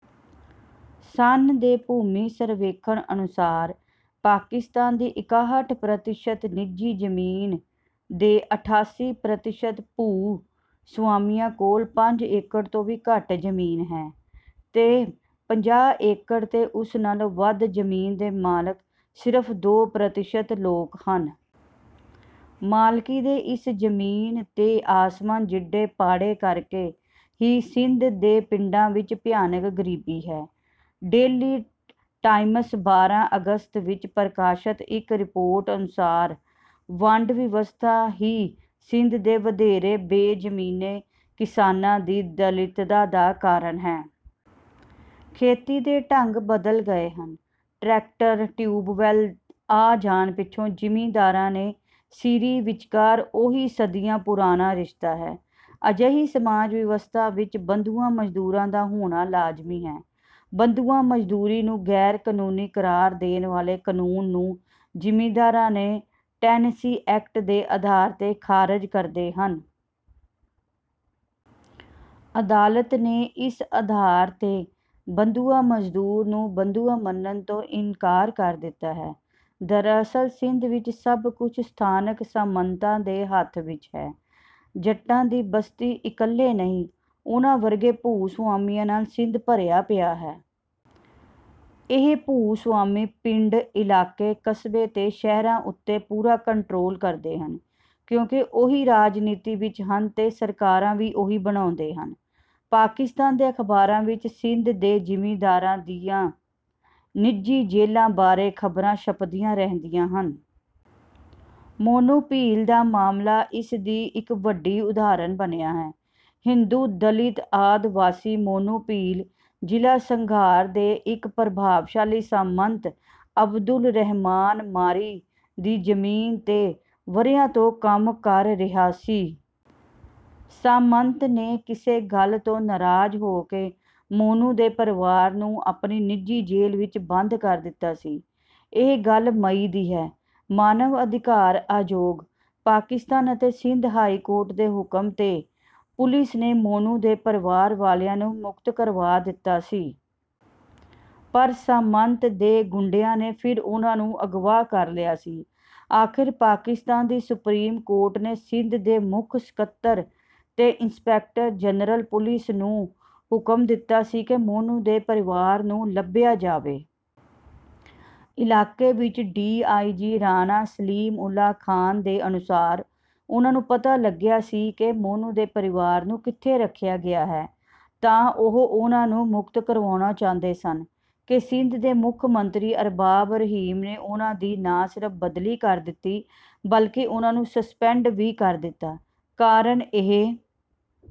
ਸਨ ਦੇ ਭੂਮੀ ਸਰਵੇਖਣ ਅਨੁਸਾਰ ਪਾਕਿਸਤਾਨ ਦੀ ਇਕਾਹਠ ਪ੍ਰਤੀਸ਼ਤ ਨਿੱਜੀ ਜ਼ਮੀਨ ਦੇ ਅਠਾਸੀ ਪ੍ਰਤੀਸ਼ਤ ਭੂ-ਸਵਾਮੀਆਂ ਕੋਲ ਪੰਜ ਏਕੜ ਤੋਂ ਵੀ ਘੱਟ ਜ਼ਮੀਨ ਹੈ। ਤੇ ਪੰਜਾਹ ਏਕੜ ਤੇ ਉਸ ਨਾਲੋਂ ਵੱਧ ਜ਼ਮੀਨ ਦੇ ਮਾਲਕ ਸਿਰਫ਼ ਦੋ ਪ੍ਰਤੀਸ਼ਤ ਲੋਕ ਹਨ। ਮਾਲਕੀ ਦੇ ਇਸ ਜ਼ਮੀਨ ਤੇ ਆਸਮਾਨ ਜਿੱਡੇ ਪਾੜੇ ਕਰਕੇ ਹੀ ਸਿੰਧ ਦੇ ਪਿੰਡਾਂ ਵਿਚ ਭਿਆਨਕ ਗ਼ਰੀਬੀ ਹੈ। ਡੇਲੀ ਟਾਈਮਸ ਬਾਰਾਂ ਅਗਸਤ ਵਿਚ ਪ੍ਰਕਾਸ਼ਤ ਇਕ ਰਿਪੋਰਟ ਅਨੁਸਾਰ, ਵੰਡ ਵਿਵਸਥਾ ਹੀ ਸਿੰਧ ਦੇ ਵਧੇਰੇ ਬੇਜ਼ਮੀਨੇ ਕਿਸਾਨਾਂ ਦੀ ਦਲਿੱਦਤਾ ਦਾ ਕਾਰਨ ਹੈ। ਖੇਤੀ ਦੇ ਢੰਗ ਬਦਲ ਗਏ ਹਨ। ਟਰੈਕਟਰ, ਟਿਊਬਵੈੱਲ ਆ ਜਾਣ ਪਿੱਛੋਂ ਜ਼ਿਮੀਂਦਾਰਾ ਤੇ ਸੀਰੀ ਵਿਚਕਾਰ ਉਹੀ ਸਦੀਆਂ ਪੁਰਾਣਾ ਰਿਸ਼ਤਾ ਹੈ। ਅਜਿਹੀ ਸਮਾਜ ਵਿਵਸਥਾ ਵਿਚ ਬੰਧੁਆ ਮਜ਼ਦੂਰਾਂ ਦਾ ਹੋਣਾ ਲਾਜ਼ਮੀ ਹੈ। ਬੰਧੁਆ ਮਜ਼ਦੂਰੀ ਨੂੰ ਗ਼ੈਰ-ਕਾਨੂੰਨੀ ਕਰਾਰ ਦੇਣ ਵਾਲੇ ਕਾਨੂੰਨ ਨੂੰ ਜ਼ਿਮੀਂਦਾਰਾ ਦੇ ਟੇਨੈਂਸੀ ਐਕਟ ਦੇ ਆਧਾਰ ’ਤੇ ਖ਼ਾਰਜ ਕਰਦੇ ਹਨ। ਅਦਾਲਤ ਨੇ ਇਸ ਆਧਾਰ ’ਤੇ ਬੰਧੁਆ ਮਜ਼ਦੂਰ ਨੂੰ ਬੰਧੁਆ ਮੰਨਣ ਤੋਂ ਇਨਕਾਰ ਕਰ ਦਿੱਤਾ ਹੈ। ਦਰਅਸਲ ਸਿੰਧ ਵਿਚ ਸਭ ਕੁਝ ਸਥਾਨਕ ਸਾਮੰਤਾਂ ਦੇ ਹੱਥ ਵਿਚ ਹੈ। ਜੱਟਾਂ ਦੀ ਬਸਤੀ ਇਕੱਲੇ ਨਹੀਂ, ਉਹਨਾਂ ਵਰਗੇ ਭੂ-ਸਵਾਮੀਆਂ ਨਾਲ ਸਿੰਧ ਭਰਿਆ ਪਿਆ ਹੈ। ਇਹ ਭੂ-ਸਵਾਮੀ ਪਿੰਡ, ਇਲਾਕੇ, ਕਸਬੇ ਤੇ ਸ਼ਹਿਰਾਂ ਉੱਤੇ ਪੂਰਾ ਕੰਟਰੋਲ ਕਰਦੇ ਹਨ, ਕਿਉਂਕਿ ਉਹੀ ਰਾਜਨੀਤੀ ਵਿਚ ਹਨ ਤੇ ਸਰਕਾਰਾਂ ਵੀ ਉਹੀ ਬਣਾਉਂਦੇ ਹਨ। ਪਾਕਿਸਤਾਨ ਦੇ ਅਖ਼ਬਾਰਾਂ ਵਿਚ ਸਿੰਧ ਦੇ ਜ਼ਿਮੀਂਦਾਰਾਂ ਦੀਆਂ ਨਿੱਜੀ ਜੇਲ੍ਹਾਂ ਬਾਰੇ ਖ਼ਬਰਾਂ ਛਪਦੀਆਂ ਰਹਿੰਦੀਆਂ ਹਨ। ਮੋਨੂ ਭੀਲ ਦਾ ਮਾਮਲਾ ਇਸ ਦੀ ਇਕ ਵੱਡੀ ਉਦਾਹਰਨ ਬਣਿਆ ਹੈ। ਹਿੰਦੂ, ਦਲਿਤ ਆਦਿਵਾਸੀ ਮੋਨੂ ਭੀਲ ਜ਼ਿਲ੍ਹਾ ਸੰਘਾਰ ਦੇ ਇਕ ਪ੍ਰਭਾਵਸ਼ਾਲੀ ਸਾਮੰਤ ਅਬਦੁਲ ਰਹਿਮਾਨ ਮਾਰੀ ਦੀ ਜ਼ਮੀਨ ’ਤੇ ਵਰ੍ਹਿਆਂ ਤੋਂ ਕੰਮ ਕਰ ਰਿਹਾ ਸੀ। ਸਾਮੰਤ ਨੇ ਕਿਸੇ ਗੱਲ ਤੋਂ ਨਾਰਾਜ਼ ਹੋ ਕੇ ਮੋਨੂ ਦੇ ਪਰਿਵਾਰ ਨੂੰ ਆਪਣੀ ਨਿੱਜੀ ਜੇਲ੍ਹ ਵਿਚ ਬੰਦ ਕਰ ਦਿੱਤਾ ਸੀ। ਇਹ ਗੱਲ ਮਈ ਦੀ ਹੈ। ਮਾਨਵ ਅਧਿਕਾਰ ਆਯੋਗ, ਪਾਕਿਸਤਾਨ ਅਤੇ ਸਿੰਧ ਹਾਈ ਕੋਰਟ ਦੇ ਹੁਕਮ ’ਤੇ ਪੁਲਿਸ ਨੇ ਮੋਨੂ ਦੇ ਪਰਿਵਾਰ ਵਾਲਿਆਂ ਨੂੰ ਮੁਕਤ ਕਰਵਾ ਦਿੱਤਾ ਸੀ। ਪਰ ਸਾਮੰਤ ਦੇ ਗੁੰਡਿਆਂ ਨੇ ਫਿਰ ਉਹਨਾਂ ਨੂੰ ਅਗਵਾ ਕਰ ਲਿਆ ਸੀ। ਆਖ਼ਰ ਪਾਕਿਸਤਾਨ ਦੀ ਸੁਪਰੀਮ ਕੋਰਟ ਨੇ ਸਿੰਧ ਦੇ ਮੁੱਖ ਸਕੱਤਰ ਤੇ ਇੰਸਪੈਕਟਰ ਜਨਰਲ ਪੁਲਿਸ ਨੂੰ ਹੁਕਮ ਦਿੱਤਾ ਸੀ ਕਿ ਮੋਨੂ ਦੇ ਪਰਿਵਾਰ ਨੂੰ ਲੱਭਿਆ ਜਾਵੇ। ਇਲਾਕੇ ਵਿਚ ਡੀ. ਆਈ. ਜੀ. ਰਾਣਾ ਸਲੀਮਉੱਲਾ ਖਾਂ ਦੇ ਅਨੁਸਾਰ, ਉਹਨਾਂ ਨੂੰ ਪਤਾ ਲੱਗਿਆ ਸੀ ਕਿ ਮੋਨੂ ਦੇ ਪਰਿਵਾਰ ਨੂੰ ਕਿੱਥੇ ਰੱਖਿਆ ਗਿਆ ਹੈ ਤਾਂ ਉਹ ਉਹਨਾਂ ਨੂੰ ਮੁਕਤ ਕਰਵਾਉਣਾ ਚਾਹੁੰਦੇ ਸਨ ਕਿ ਸਿੰਧ ਦੇ ਮੁੱਖ ਮੰਤਰੀ ਅਰਬਾਬ ਰਹੀਮ ਨੇ ਉਹਨਾਂ ਦੀ ਨਾ ਸਿਰਫ਼ ਬਦਲੀ ਕਰ ਦਿੱਤੀ, ਬਲਕਿ ਉਹਨਾਂ ਨੂੰ ਸਸਪੈਂਡ ਵੀ ਕਰ ਦਿੱਤਾ। ਕਾਰਨ ਇਹ...